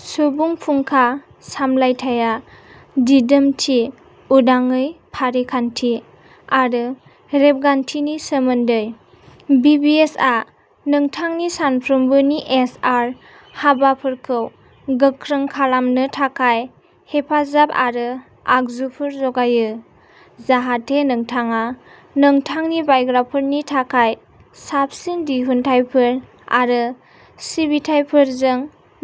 सुबुं फुंखा सामलायथाया दिदोमथि, उदाङै, फारिखान्थि आरो रेबगान्थिनि सोमोन्दै। बिबिएसआ नोंथांनि सानफ्रोमबोनि एइचआर हाबाफोरखौ गोख्रों खालामनो थाखाय हेफाजाब आरो आगजुफोर जगायो जाहाथे नोंथाङा नोंथांनि बायग्राफोरनि थाखाय साबसिन दिहुनथायफोर आरो सिबिथाइफोरजों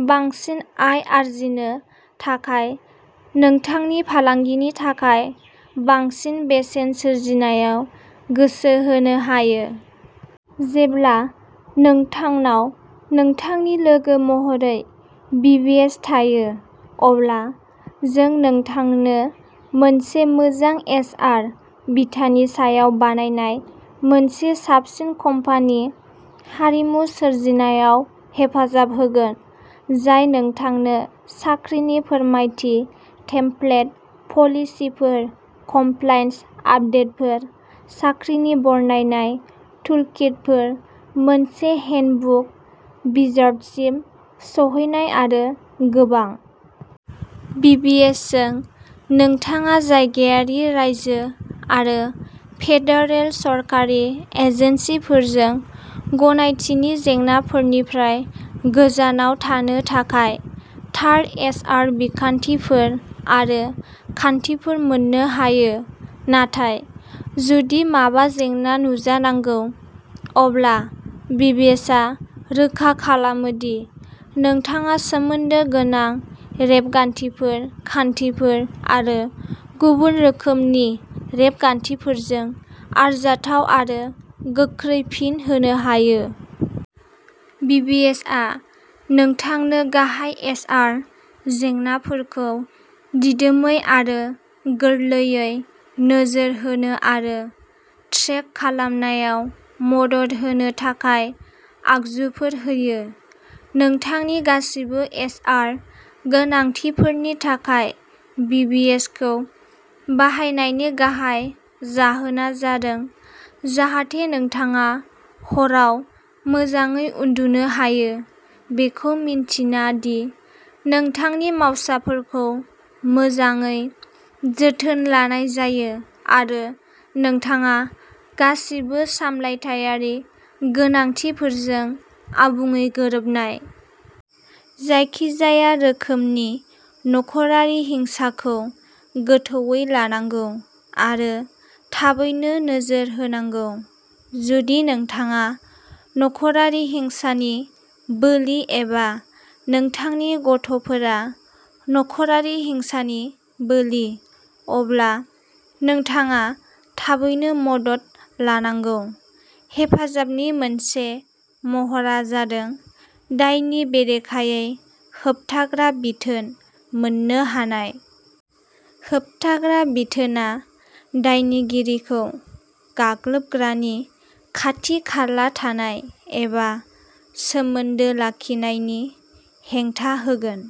बांसिन आय आर्जिनो थाखाय नोंथांनि फालांगिनि थाखाय बांसिन बेसेन सोरजिनायाव गोसो होनो हायो। जेब्ला नोंथांनाव नोंथांनि लोगो महरै बिबिएस थायो, अब्ला जों नोंथांनो मोनसे मोजां एचआर बिथानि सायाव बानायनाय मोनसे साबसिन कम्पानि हारिमु सोरजिनायाव हेफाजाब होगोन, जाय नोंथांनो साख्रिनि फोरमायथि, टेमप्लेट पलिसिफोर, कमप्लायन्स आपदेटफोर, साख्रिनि बरनायनाय, टुलकिटफोर, मोनसे हेन्डबुक विजार्डसिम सौहैनाय आरो गोबां। बिबिएसजों, नोंथाङा जायगायारि, रायजो आरो फेडारेल सोरखारि एजेन्सिफोरजों गनायथिनि जेंनाफोरनिफ्राय गोजानाव थानो थाखाय थार एइचआर बिखान्थिफोर आरो खान्थिफोर मोननो हायो। नाथाय जुदि माबा जेंना नुजानांगौ, अब्ला बिबिएसआ रोखा खालामो दि नोंथाङा सोमोन्दो गोनां रेबगान्थिफोर, खान्थिफोर आरो गुबुन रोखोमनि रेबगान्थिफोरजों आरजाथाव आरो गोख्रै फिन होनो हायो। बिबिएसआ नोंथांनो गाहाय एइचआर जेंनाफोरखौ दिदोमै आरो गोरलैयै नोजोर होनो आरो ट्रेक खालामनायाव मदद होनो थाखाय आगजुफोर होयो। नोंथांनि गासिबो एइचआर गोनांथिफोरनि थाखाय बिबिएसखौ बाहायनायनि गाहाय जाहोना जादों जाहाथे नोंथाङा हराव मोजाङै उन्दुनो हायो, बेखौ मिन्थिना दि नोंथांनि मावसाफोरखौ मोजाङै जोथोन लानाय जायो आरो नोंथाङा गासिबो सामलायथायारि गोनांथिफोरजों आबुङै गोरोबनाय। जायखिजाया रोखोमनि नख'रारि हिंसाखौ गोथौवै लानांगौ आरो थाबैनो नोजोर होनांगौ। जुदि नोंथाङा नख'रारि हिंसानि बोलि एबा नोंथांनि गथ'फोरा नख'रारि हिंसानि बोलि, अब्ला नोंथाङा थाबैनो मदद लानांगौ। हेफाजाबनि मोनसे महरआ जादों दायनि बेरेखायै होबथाग्रा बिथोन मोन्नो हानाय। होबथाग्रा बिथोनआ दायनिगिरिखौ गाग्लोबग्रानि खाथि-खाला थानाय एबा सोमोन्दो लाखिनायनि हेंथा होगोन।